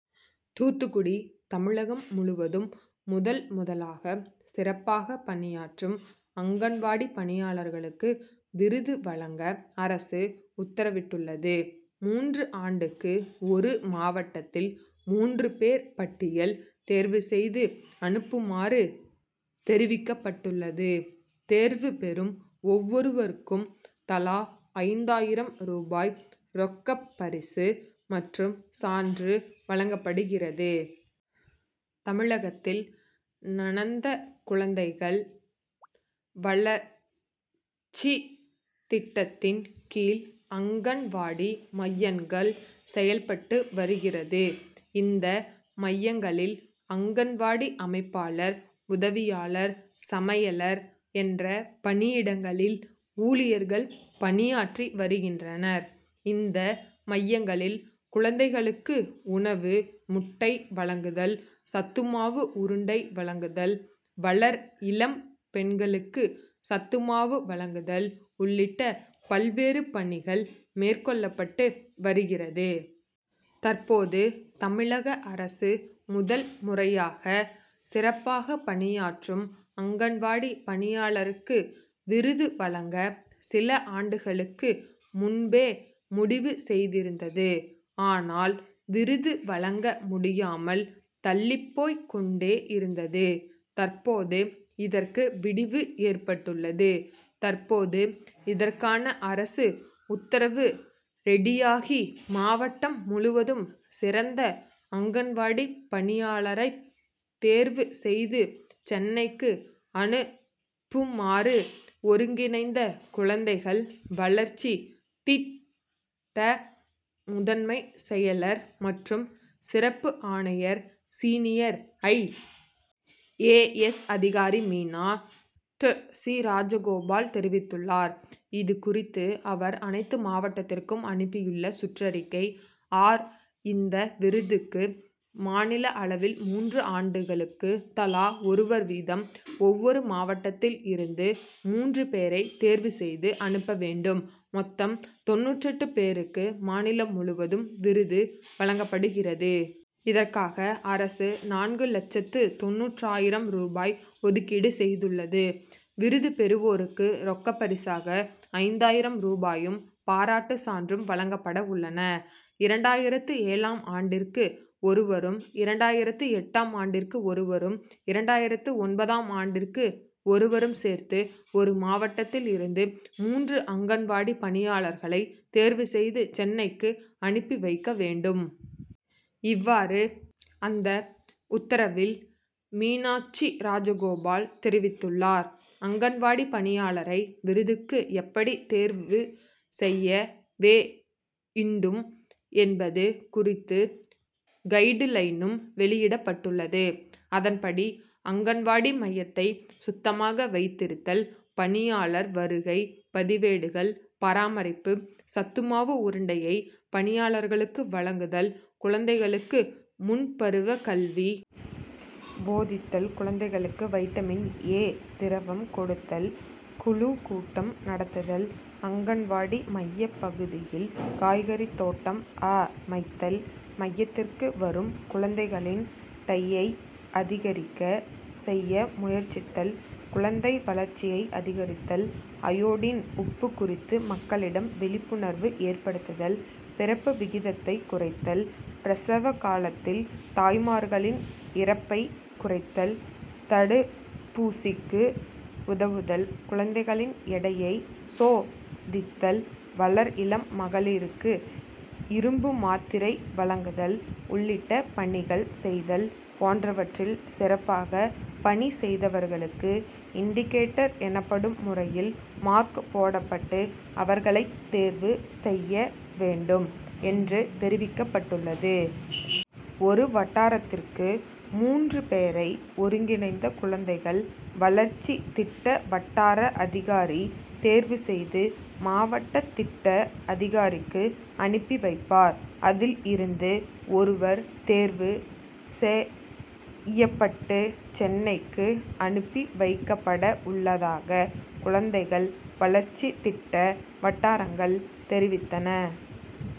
தூத்துக்குடி, தமிழகம் முழுவதும் முதல், முதலாக சிறப்பாக பணியாற்றும் அங்கன்வாடி பணியாளர்களுக்கு விருது வழங்க அரசு உத்தரவிட்டுள்ளது. மூன்று ஆண்டுக்கு ஒரு மாவட்டத்தில் மூன்று பேர் பட்டியல் தேர்வு செய்து அனுப்புமாறு தெரிவிக்கப்பட்டுள்ளது. தேர்வு பெறும் ஒவ்வொருவருக்கும் தலா ஐந்தாயிரம் ரூபாய் ரொக்கப்பரிசு மற்றும் சான்று வழங்கப்படுகிறது. தமிழகத்தில் ணந்த குழந்தைகள் வளர் ச்சி திட்டத்தின் கீழ் அங்கன்வாடி மையங்கள் செயல்பட்டு வருகிறது. இந்த மையங்களில் அங்கன்வாடி அமைப்பாளர், உதவியாளர், சமையலர் என்ற பணியிடங்களில் ஊழியர்கள் பணியாற்றி வருகின்றனர். இந்த மையங்களில் குழந்தைகளுக்கு உணவு, முட்டை வழங்குதல், சத்துமாவு உருண்டை வழங்குதல், வளர் இளம் பெண்களுக்கு சத்துமாவு வழங்குதல் உள்ளிட்ட பல்வேறு பணிகள் மேற்கொள்ளப்பட்டு வருகிறது. தற்போது தமிழக அரசு முதல் முறையாக சிறப்பாக பணியாற்றும் அங்கன்வாடி பணியாளருக்கு விருது வழங்க சில ஆண்டுகளுக்கு முன்பே முடிவு செய்திருந்தது. ஆனால் விருது வழங்க முடியாமல் தள்ளிப் போய் கொண்டே இருந்தது. தற்போது இதற்கு விடிவு ஏற்பட்டுள்ளது. தற்போது இதற்கான அரசு உத்தரவு ரெடியாகி மாவட்டம் முழுவதும் சிறந்த அங்கன்வாடி பணியாளரைத் தேர்வு செய்து சென்னைக்கு அனு ப்புமாறு ஒருங்கிணைந்த குழந்தைகள் வளர்ச்சி திட் ட முதன்மை செயலர் மற்றும் சிறப்பு ஆணையர் சீனியர் ஐ. ஏ. எஸ் அதிகாரி மீனா ட்சிராஜகோபால் தெரிவித்துள்ளார். இது குறித்து அவர் அனைத்து மாவட்டத்திற்கும் அனுப்பியுள்ள சுற்றறிக்கை ஆர். இந்த விருதுக்கு மாநில அளவில் மூன்று ஆண்டுகளுக்கு தலா ஒருவர் வீதம் ஒவ்வொரு மாவட்டத்தில் இருந்து மூன்று பேரை தேர்வு செய்து அனுப்ப வேண்டும். மொத்தம் தொண்ணூற்றெட்டு பேருக்கு மாநிலம் முழுவதும் விருது வழங்கப்படுகிறது. இதற்காக அரசு நான்கு லட்சத்து தொண்ணூறாயிரம் ரூபாய் ஒதுக்கீடு செய்துள்ளது. விருது பெறுவோருக்கு ரொக்கப்பரிசாக ஐந்தாயிரம் ரூபாயும், பாராட்டு சான்றும் வழங்கப்பட உள்ளன. இரண்டாயிரத்து ஏழாம் ஆண்டிற்கு ஒருவரும், இரண்டாயிரத்து எட்டாம் ஆண்டிற்கு ஒருவரும், இரண்டாயிரத்து ஒன்பதாம் ஆண்டிற்கு ஒருவரும் சேர்த்து ஒரு மாவட்டத்தில் இருந்து மூன்று அங்கன்வாடி பணியாளர்களை தேர்வு செய்து சென்னைக்கு அனுப்பி வைக்க வேண்டும். இவ்வாறு அந்த உத்தரவில் மீனாட்சிராஜகோபால் தெரிவித்துள்ளார். அங்கன்வாடி பணியாளரை விருதுக்கு எப்படி தேர்வு செய்ய வே ண்டும் என்பது குறித்து கைடுலைனும் வெளியிடப்பட்டுள்ளது. அதன்படி அங்கன்வாடி மையத்தை சுத்தமாக வைத்திருத்தல், பணியாளர் வருகை, பதிவேடுகள் பராமரிப்பு, சத்துமாவு உருண்டையை பயனாளிகளுக்கு வழங்குதல், குழந்தைகளுக்கு முன்பருவ கல்வி போதித்தல், குழந்தைகளுக்கு வைட்டமின் ஏ திரவம் கொடுத்தல், குழு கூட்டம் நடத்துதல், அங்கன்வாடி மைய பகுதியில் காய்கறி தோட்டம் அ மைத்தல், மையத்திற்கு வரும் குழந்தைகளின் டயை அதிகரிக்க செய்ய முயற்சித்தல், குழந்தை வளர்ச்சியை அதிகரித்தல், அயோடின் உப்பு குறித்து மக்களிடம் விழிப்புணர்வு ஏற்படுத்துதல், பிறப்பு விகிதத்தை குறைத்தல், பிரசவ காலத்தில் தாய்மார்களின் இறப்பை குறைத்தல், தடு ப்பூசிக்கு உதவுதல், குழந்தைகளின் எடையை சோ தித்தல், வளர்இளம் மகளிருக்கு இரும்புமாத்திரை வழங்குதல் உள்ளிட்ட பணிகள் செய்தல் போன்றவற்றில் சிறப்பாக பணி செய்தவர்களுக்கு இண்டிகேட்டர் எனப்படும் முறையில் மார்க் போடப்பட்டு அவர்களைத் தேர்வு செய்ய வேண்டும் என்று தெரிவிக்கப்பட்டுள்ளது. ஒரு வட்டாரத்திற்கு மூன்று பேரை ஒருங்கிணைந்த குழந்தைகள் வளர்ச்சி திட்ட வட்டார அதிகாரி தேர்வு செய்து மாவட்ட திட்ட அதிகாரிக்கு அனுப்பி வைப்பார். அதில் இருந்து ஒருவர் தேர்வு செ ய்யப்பட்டு சென்னைக்கு அனுப்பி வைக்கப்பட உள்ளதாக குழந்தைகள் வளர்ச்சி திட்ட வட்டாரங்கள் தெரிவித்தன.